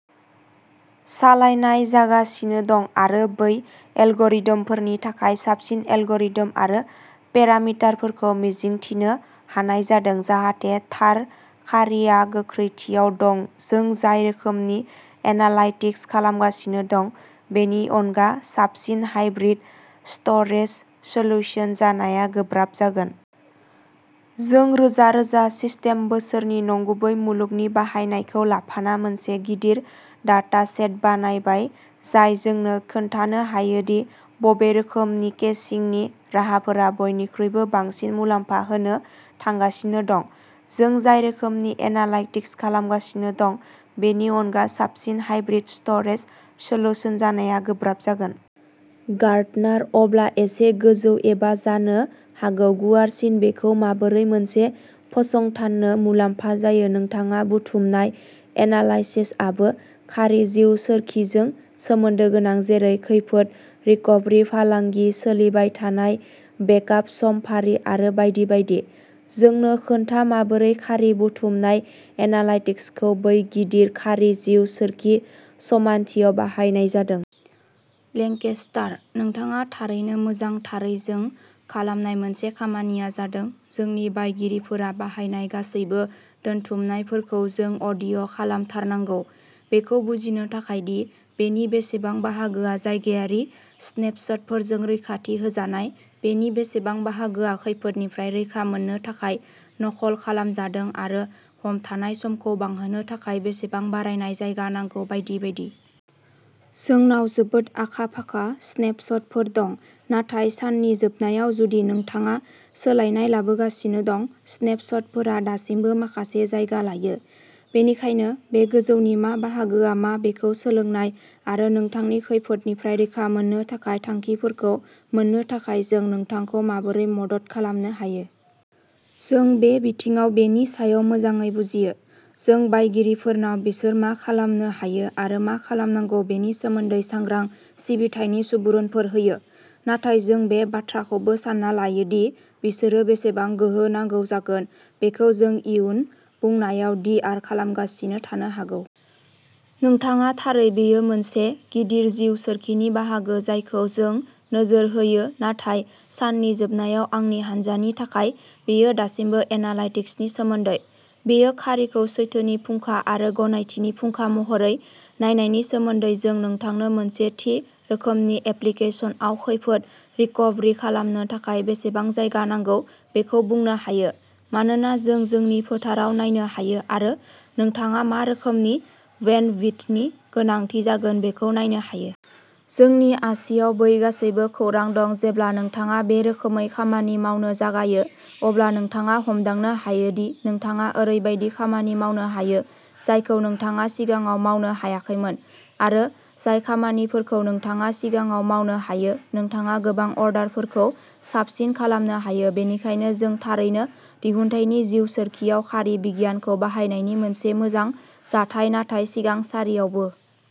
सालायनाय जागासिनो दं आरो बै एलगरिद'मफोरनि थाखाय साबसिन एलगरिद'म आरो पेरामिटारफोरखौ मिजिंथिनो हानाय जादों जाहाथे थार खारिआ गोख्रैथियाव दं जों जाय रोखोमनि एनालाइटिक्स खालामगासिनो दं बेनि अनगा साबसिन हाइब्रिद स्ट'रेज सल्युशन जानाया गोब्राब जागोन। जों रोजा रोजा सिस्टेम बोसोरनि नंगुबै मुलुगनि बाहायनायखौ लाफाना मोनसे गिदिर डाटासेट बानायबाय जाय जोंनो खोन्थानो हायोदि बबे रोखोमनि केशिंनि राहाफोरा बयनिख्रुइबो बांसिन मुलाम्फा होनो थांगासिनो दं। जों जाय रोखोमनि एनालाइटिक्स खालामगासिनो दं बेनि अनगा साबसिन हाइब्रिद स्ट'रेज सल्युशन जानाया गोब्राब जागोन। गार्डनार अब्ला एसे गोजौ एबा जानो हागौ गुवारसिन बेखौ माबोरै मोनसे फसंथाननो मुलाम्फा जायो नोंथाङा बुथुमनाय एनालाइसेसआबो खारि जिउ सोरखिजों सोमोन्दो गोनां जेरै खैफोद रिकभारि फालांगि सोलिबायथानाय बेकआप समफारि आरो बायदि बायदि। जोंनो खोन्था माबोरै खारि बुथुमनाय एनालाइटिक्सखौ बै गिदिर खारि जिउ सोरखि समानथियाव बाहायनाय जादों। लेंकेस्टार नोंथाङा थारैनो मोजां थारै जों खालामनाय मोनसे खामानिया जादों जोंनि बायगिरिफोरा बाहायनाय गासैबो दोनथुमनायफोरखौ जों अडिट खालामथारनांगौ बेखौ बुजिनो थाखाय दि बेनि बेसेबां बाहागोआ जायगायारि स्नेपशटफोरजों रैखाथि होजानाय बेनि बेसेबां बाहागोआ खैफोदनिफ्राय रैखा मोननो थाखाय नखल खालामजादों आरो हमथानाय समखौ बांहोनो थाखाय बेसेबां बारायनाय जायगा नांगौ बायदि बायदि। जोंनाव जोबोद आखा फाखा स्नेपशटफोर दं नाथाय साननि जोबनायाव जुदि नोंथाङा सोलायनाय लाबोगासिनो दं स्नेपशटफोरा दासिमबो माखासे जायगा लायो। बेनिखायनो बे गोजौनि मा बाहागोआ मा बेखौ सोलोंनाय आरो नोंथांनि खैफोदनिफ्राय रैखा मोननो थाखाय थांखिफोरखौ मोन्नो थाखाय जों नोंथांखौ माबोरै मदद खालामनो हायो। जों बे बिथिङाव बेनि सायाव मोजाङै बुजियो। जों बायगिरिफोरनाव बिसोर मा खालामनो हायो आरो मा खालामनांगौ बेनि सोमोन्दै सांग्रां सिबिथायनि सुबुरुनफोर होयो। नाथाय जों बे बाथ्राखौबो सान्ना लायो दि बिसोरो बेसेबां गोहो नांगौ जागोन बेखौ जों इयुन बुंनायाव डिआर खालामगासिनो थानो हागौ। नोंथाङा थारै बेयो मोनसे गिदिर जिउ सोरखिनि बाहागो जायखौ जों नोजोर होयो नाथाय साननि जोबनायाव आंनि हानजानि थाखाय बेयो दासिमबो एनालाइटिक्सनि सोमोन्दै। बेयो खारिखौ सैथोनि फुंखा आरो गनायथिनि फुंखा महरै नायनायनि सोमोन्दै जों नोंथांनो मोनसे थि रोखोमनि एप्लिकेसनआव खैफोद रिकभारि खालामनो थाखाय बेसेबां जायगा नांगौ बेखौ बुंनो हायो मानोना जों जोंनि फोथाराव नायनो हायो आरो नोंथाङा मा रोखोमनि बेन्डविड्थनि गोनांथि जागोन बेखौ नायनो हायो। जोंनि आसिआव बै गासैबो खौरां दं जेब्ला नोंथाङा बे रोखोमै खामानि मावनो जागायो अब्ला नोंथाङा हमदांनो हायो दि नोंथाङा ओरैबायदि खामानि मावनो हायो जायखौ नोंथाङा सिगाङाव मावनो हायाखैमोन आरो जाय खामानिफोरखौ नोंथाङा सिगाङाव मावनो हायो नोंथाङा गोबां अर्डारफोरखौ साबसिन खालामनो हायो बेनिखायनो जों थारैनो दिहुनथायनि जिउ सोरखिआव खारि बिगियानखौ बाहायनायनि मोनसे मोजां जाथाय नाथाय सिगां सारियावबो।